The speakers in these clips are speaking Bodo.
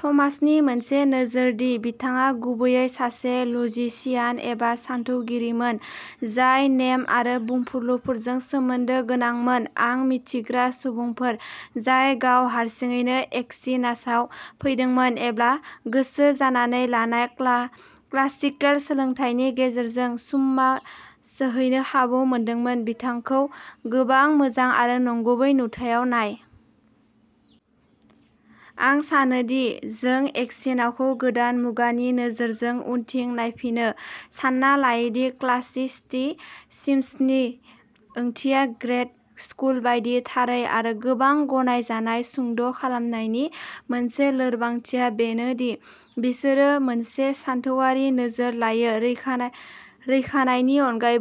थमासनि मोनसे नोजोर दि बिथाङा गुबैयै सासे लजिशियान एबा सानथौगिरिमोन, जाय नेम आरो बुंफुरलुफोरजों सोमोन्दो गोनांमोन। आं मिन्थिग्रा सुबुंफोर जाय गाव हारसिङैनो एक्विनासाव फैदोंमोन एबा गोसो जानानै लानाय क्ला- क्लासिकेल सोलोंथायनि गेजेरजों सुम्मा सौहैनो खाबु मोनदोंमोन, बिथांखौ गोबां मोजां आरो नंगुबै नुथायाव नाय। आं सानोदि जों एक्विनाखौ गोदान मुगानि नोजोरजों उनथिं नायफिनो, सानना लायो दि स्कलास्टिसिज्म नि ओंथिया ग्रेड स्कुल बायदि। थारै आरो गोबां गनायजानाय सुंद' खालामनायनि मोनसे लोरबांथिया बेनो दि बिसोरो मोनसे सानथौआरि नोजोर लायो, रैखा रैखानायनि अनगायै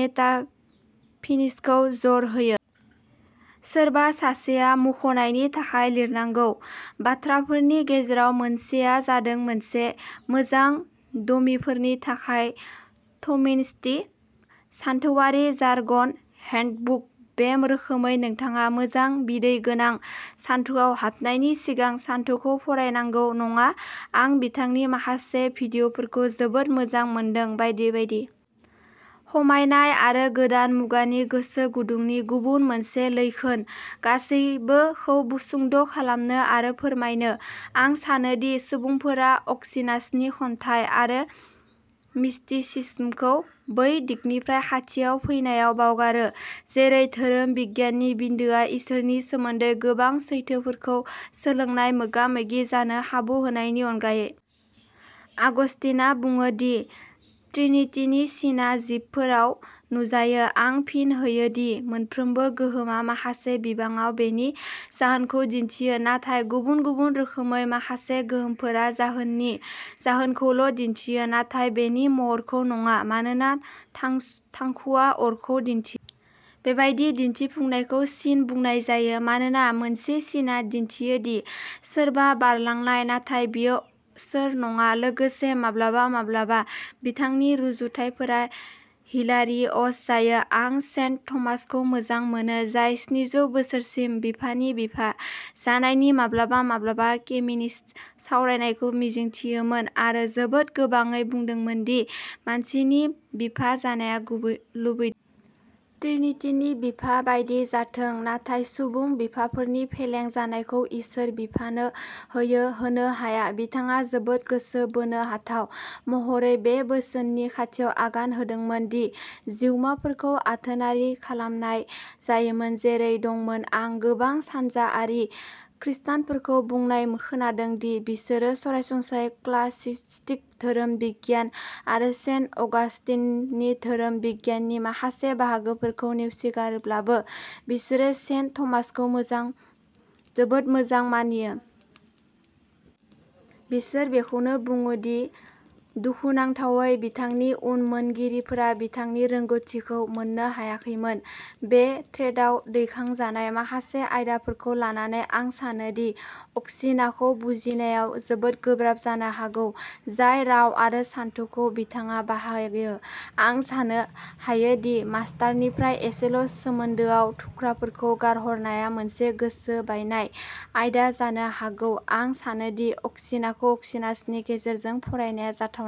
मेटाफिनिक्सखौ जर होयो। सोरबा सासेया मुंख'नायनि थाखाय लिरनांगौ बाथ्राफोरनि गेजेराव मोनसेआ जादों मोनसे मोजां डमीफोरनि थाखाय थ'मिस्टिक सानथौआरि जार्गन हेन्डबुक। बे रोखोमै, नोंथाङा मोजां बिदै गोनां सानथौआव हाबनायनि सिगां सानथौखौ फरायनांगौ नङा। आं बिथांनि माखासे भिडिय'फोरखौ जोबोद मोजां मोनदों बायदि बायदि। खमायनाय आरो गोदान मुगानि गोसो गुदुंनि गुबुन मोनसे लैखोन गासैबोखौ सुंद' खालामनो आरो फोरमायनो। आं सानो दि सुबुंफोरा अक्विनासनि खन्थाइ आरो मिस्टिसिज्मखौ बै दिगनिफ्राय खाथियाव फैनायाव बावगारो, जेरै धोरोम बिगियाननि बिन्दोआ इसोरनि सोमोन्दै गोबां सैथोफोरखौ सोलोंनाय, मोगा-मोगि जानो खाबु होनायनि अनगायै। आगस्तिनआ बुङो, दि ट्रिनिटीनि सिनआ जिबफोराव नुजायो। आं फिन होयो दि, मोनफ्रोमबो गोहोमआ माखासे बिबाङाव बेनि जाहोनखौ दिन्थियो, नाथाय गुबुन-गुबुन रोखोमै। माखासे गोहोमफोरा जाहोननि जाहोनखौल' दिन्थियो, नाथाय बेनि महरखौ नङा, मानोना थां थांखुआ अरखौ दिन्थियो। बेबादि दिन्थिफुंनायखौ सिन बुंनाय जायो। मानोना मोनसे सिनआ दिन्थियो दि सोरबा बारलांबाय नाथाय बियो सोर नङा। लोगोसे माब्लाबा-माब्लाबा बिथांनि रुजुथायफोरा हिलारिअस जायो। आं सेन्ट थमासखौ मोजां मोनो, जाय स्निजौ बोसोरसिम बिफानि बिफा जानायनि माब्लाबा-माब्लाबा फेमिनिस्ट सावरायनायखौ मिजिंथियोमोन आरो जोबोद गोबाङै बुंदोंमोन दि मानसिनि बिफा जानाया गुबै लुबै। ट्रिनिटीनि बिफा बायदि जाथों, नाथाय सुबुं बिफाफोरनि फेलें जानायखौ इसोर बिफानो होयो होनो हाया। बिथाङा जोबोद गोसो बोनो हाथाव महरै बे बोसोननि खाथियाव आगान होदोंमोन दि जिउमाफोरखौ आथोनारि खालामनाय जायोमोन, जेरै दंमोन। आं गोबां सानजाआरि खृष्टानफोरखौ बुंनाय खोनादों दि बिसोरो सरासनस्रायै स्कलास्टिक धोरोम बिगियान आरो सेन्ट अगास्टिननि धोरोम बिगियाननि माखासे बाहागोफोरखौ नेवसिगारोब्लाबो, बिसोरो सेन्ट थमासखौ मोजां जोबोद मोजां मानियो। बिसोर बेखौबो बुङो दि, दुखुनांथावै, बिथांनि उनमोनगिरिफोरा बिथांनि रोंग'थिखौ मोननो हायाखैमोन। बे थ्रेडआव दैखांजानाय माखासे आयदाफोरखौ लानानै, आं सानो दि अक्विनाखौ बुजिनाया जोबोद गोब्राब जानो हागौ, जाय राव आरो सानथौखौ बिथाङा बाहायो। आं साननो हायो दि मास्टारनिफ्राय एसेल' सोमोन्दोआव थुख्राफोरखौ गारहरनाया मोनसे गोसो बायनाय आयदा जानो हागौ। आं सानो दि अक्विनाखौ अक्विनासनि गेजेरजों फरायनाया जाथावना।